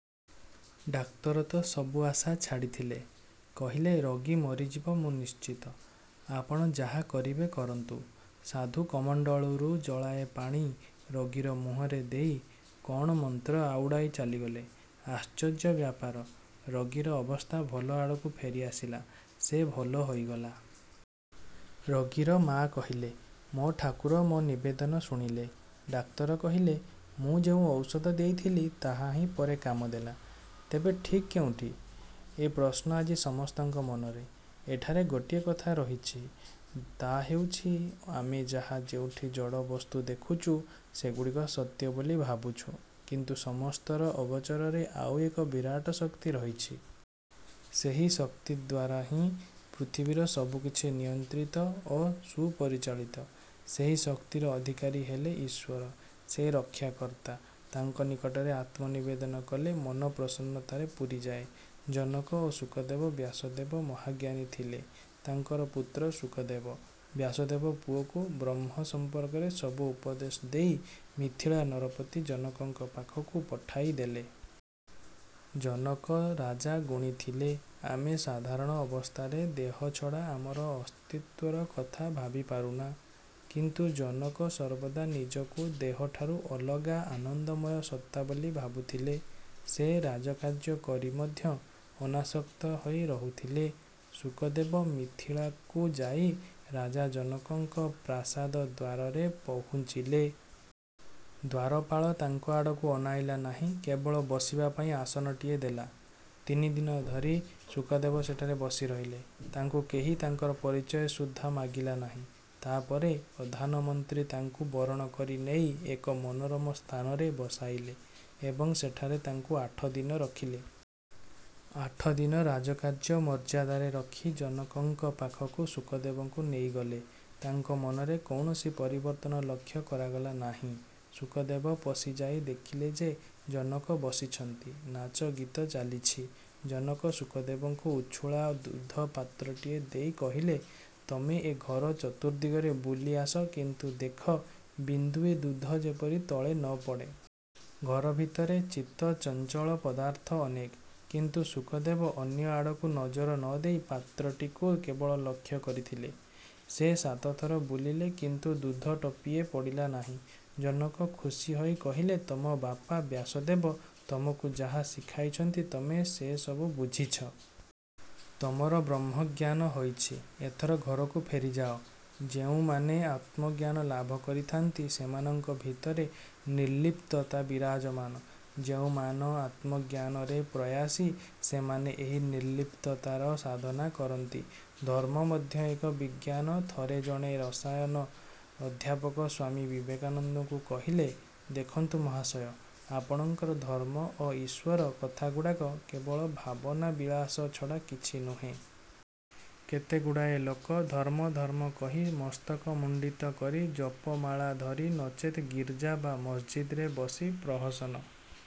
'' Doctor ତ ସବୁ ଆଶା ଛାଡ଼ିଥିଲେ; କହିଲେ-''ରୋଗୀ ମରିଯିବ ମୁଁ ନିଶ୍ଚିତ, ଆପଣ ଯାହା କରିବେ କରନ୍ତୁ। '' ସାଧୁ କମଣ୍ତଳୁରୁ ଚଳାଏ ପାଣି ରୋଗୀର ମୁହଁରେ ଦେଇ କ'ଣ ମନ୍ତ୍ର ଆଉଡ଼ାଇ ଚାଲିଗଲେ। ଆଶ୍ଚର୍ଯ୍ୟ ବ୍ୟାପାର, ରୋଗୀର ଅବସ୍ଥା ଭଲ ଆଡ଼କୁ ଫେରି ଆସିଲା, ସେ ଭଲ ହୋଇଗଲା। ରୋଗୀର ମା' କହିଲେ, ''ମୋ ଠାକୁର ମୋର ନିବେଦନ ଶୁଣିଲେ। '' ଡାକ୍ତର କହିଲେ, ''ମୁଁ ଯେଉଁ ଔଷଧ ଦେଇଥିଲି ତାହାହିଁ ପରେ କାମ ଦେଲା। '' ତେବେ ଠିକ୍ କେଉଁଟି, ଏ ପ୍ରଶ୍ନ ଆଜି ସମସ୍ତଙ୍କ ମନରେ। ଏଠାରେ ଗୋଟିଏ କଥା ରହିଛି। ତା' ହେଉଛି, ଆମେ ଯାହା ଯେଉଁଠି ଜଡ଼ ବସ୍ତୁ ଦେଖୁଚୁ, ସେଗୁଡ଼ିକ ସତ୍ୟ ବୋଲି ଭାବୁଛୁ; କିନ୍ତୁ ସମସ୍ତର ଅଗୋଚରରେ ଆଉ ଏକ ବିରାଟ ଶକ୍ତି ରହିଛି। ସେହି ଶକ୍ତି ଦ୍ୱାରାହିଁ ପୃଥିବୀର ସବୁକିଛି ନିୟନ୍ତ୍ରିତ ଓ ସୁପରିଚାଳିତ। ସେହି ଶକ୍ତିର ଅଧିକାରୀ ହେଲେ ଈଶ୍ୱର। ସେ ରକ୍ଷାକର୍ତ୍ତା; ତାଙ୍କ ନିକଟରେ ଆତ୍ମନିବେଦନ କଲେ ମନ ପ୍ରସନ୍ନତାରେ ପୂରିଯାଏ। ଜନକ ଓ ଶୁକଦେବ ବ୍ୟାସଦେବ ମହାଜ୍ଞାନୀ ଥିଲେ। ତାଙ୍କର ପୁତ୍ର ଶୁକଦେବ। ବ୍ୟାସଦେବ ପୁଅକୁ ବ୍ରହ୍ମ ସମ୍ପର୍କରେ ସବୁ ଉପଦେଶ ଦେଇ ମିଥିଳା ନରପତି ଜନକଙ୍କ ପାଖକୁ ପଠାଇ ଦେଲେ। ଜନକ ରାଜା ଗୁଣୀ ଥିଲେ। ଆମେ ସାଧାରଣ ଅବସ୍ଥାରେ ଦେହ ଛଡ଼ା ଆମର ଅସ୍ତିତ୍ୱର କଥା ଭାବି ପାରୁନା। କିନ୍ତୁ ଜନକ ସର୍ବଦା ନିଜକୁ ଦେହଠାରୁ ଅଲଗା ଆନନ୍ଦମୟ ସତ୍ତା ବୋଲି ଭାବୁଥିଲେ। ସେ ରାଜକାର୍ଯ୍ୟ କରି ମଧ୍ୟ ଅନାସକ୍ତ ହୋଇ ରହୁଥିଲେ। ଶୁକଦେବ ମିଥିଳାକୁ ଯାଇ ରାଜା ଜନକଙ୍କ ପ୍ରାସାଦଦ୍ୱାରରେ ପହୁଞ୍ଚିଲେ। ଦ୍ୱାରପାଳ ତାଙ୍କ ଆଡ଼କୁ ଅନାଇଲା ନାହିଁ, କେବଳ ବସିବା ପାଇଁ ଆସନଟିଏ ଦେଲା। ତିନିଦିନ ଧରି ଶୁକଦେବ ସେଠାରେ ବସି ରହିଲେ। ତାଙ୍କୁ କେହି ତାଙ୍କର ପରିଚୟ ସୁଦ୍ଧା ମାଗିଲା ନାହିଁ। ତା' ପରେ ପ୍ରଧାନମନ୍ତ୍ରୀ ତାଙ୍କୁ ବରଣ କରି ନେଇ ଏକ ମନୋରମ ସ୍ଥାନରେ ବସାଇଲେ ଏବଂ ସେଠାରେ ତାଙ୍କୁ ଆଠଦିନ ରଖିଲେ। ଆଠଦିନ ରାଜକୀୟ ମର୍ଯ୍ୟାଦାରେ ରଖି ଜନକଙ୍କ ପାଖକୁ ଶୁକଦେବଙ୍କୁ ନେଇଗଲେ। ତାଙ୍କ ମନରେ କୌଣସି ପରିବର୍ତ୍ତନ ଲକ୍ଷ୍ୟ କରାଗଲା ନାହିଁ। ଶୁକଦେବ ପଶିଯାଇ ଦେଖିଲେ ଯେ ଜନକ ବସିଛନ୍ତି, ନାଚ-ଗୀତ ଚାଲିଛି। ଜନକ ଶୁକଦେବଙ୍କୁ ଉଛୁଳା ଦୁଧପାତ୍ରଟିଏ ଦେଇ କହିଲେ, ''ତମେ ଏ ଘର ଚତୁର୍ଦ୍ଦିଗରେ ବୁଲି ଆସ, କିନ୍ତୁ ଦେଖ ବିନ୍ଦୁଏ ଦୁଧ ଯେପରି ତଳେ ନ ପଡ଼େ। '' ଘର ଭିତରେ ଚିତ୍ତ-ଚଞ୍ଚଳ ପଦାର୍ଥ ଅନେକ, କିନ୍ତୁ ଶୁକଦେବ ଅନ୍ୟ ଆଡ଼କୁ ନଜର ନ ଦେଇ ପାତ୍ରଟିକୁ କେବଳ ଲକ୍ଷ୍ୟ କରିଥିଲେ। ସେ ସାତଥର ବୁଲିଲେ କିନ୍ତୁ ଦୁଧ ଟୋପିଏ ପଡ଼ିଲା ନାହିଁ। ଜନକ ଖୁସି ହୋଇ କହିଲେ-''ତମ ବାପା ବ୍ୟାସଦେବ ତମକୁ ଯାହା ଶିଖାଇଛନ୍ତି, ତମେ ସେସବୁ ବୁଝିଛ। ତମର ବ୍ରହ୍ମଜ୍ଞାନ ହୋଇଛି। ଏଥର ଘରକୁ ଫେରିଯାଅ-। '' ଯେଉଁମାନେ ଆତ୍ମଜ୍ଞାନ ଲାଭ କରିଥାନ୍ତି, ସେମାନଙ୍କ ଭିତରେ ନିର୍ଲିପ୍ତତା ବିରାଜମାନ। ଯେଉଁମାନ ଆତ୍ମଜ୍ଞାନରେ ପ୍ରୟାସୀ ସେମାନେ ଏହି ନିର୍ଲିପ୍ତତାର ସାଧନା କରନ୍ତି। ଧର୍ମ ମଧ୍ୟ ଏକ ବିଜ୍ଞାନ ଥରେ ଜଣେ ରସାୟନ-ଅଧ୍ୟାପକ ସ୍ୱାମୀ ବିବେକାନନ୍ଦଙ୍କୁ କହିଲେ-''ଦେଖନ୍ତୁ ମହାଶୟ, ଆପଣଙ୍କର ଧର୍ମ ଓ ଈଶ୍ୱର କଥାଗୁଡ଼ାକ କେବଳ ଭାବନାବିଳାସ ଛଡ଼ା କିଛି ନୁହେଁ। କେତେଗୁଡ଼ାଏ ଲୋକ ଧର୍ମ ଧର୍ମ କହି ମସ୍ତକ ମୁଣ୍ଡିତ କରି ଜପମାଳା ଧରି, ନଚେତ୍ ଗିର୍ଜା ବା ମସଜିଦରେ ବସି ପ୍ରହସନ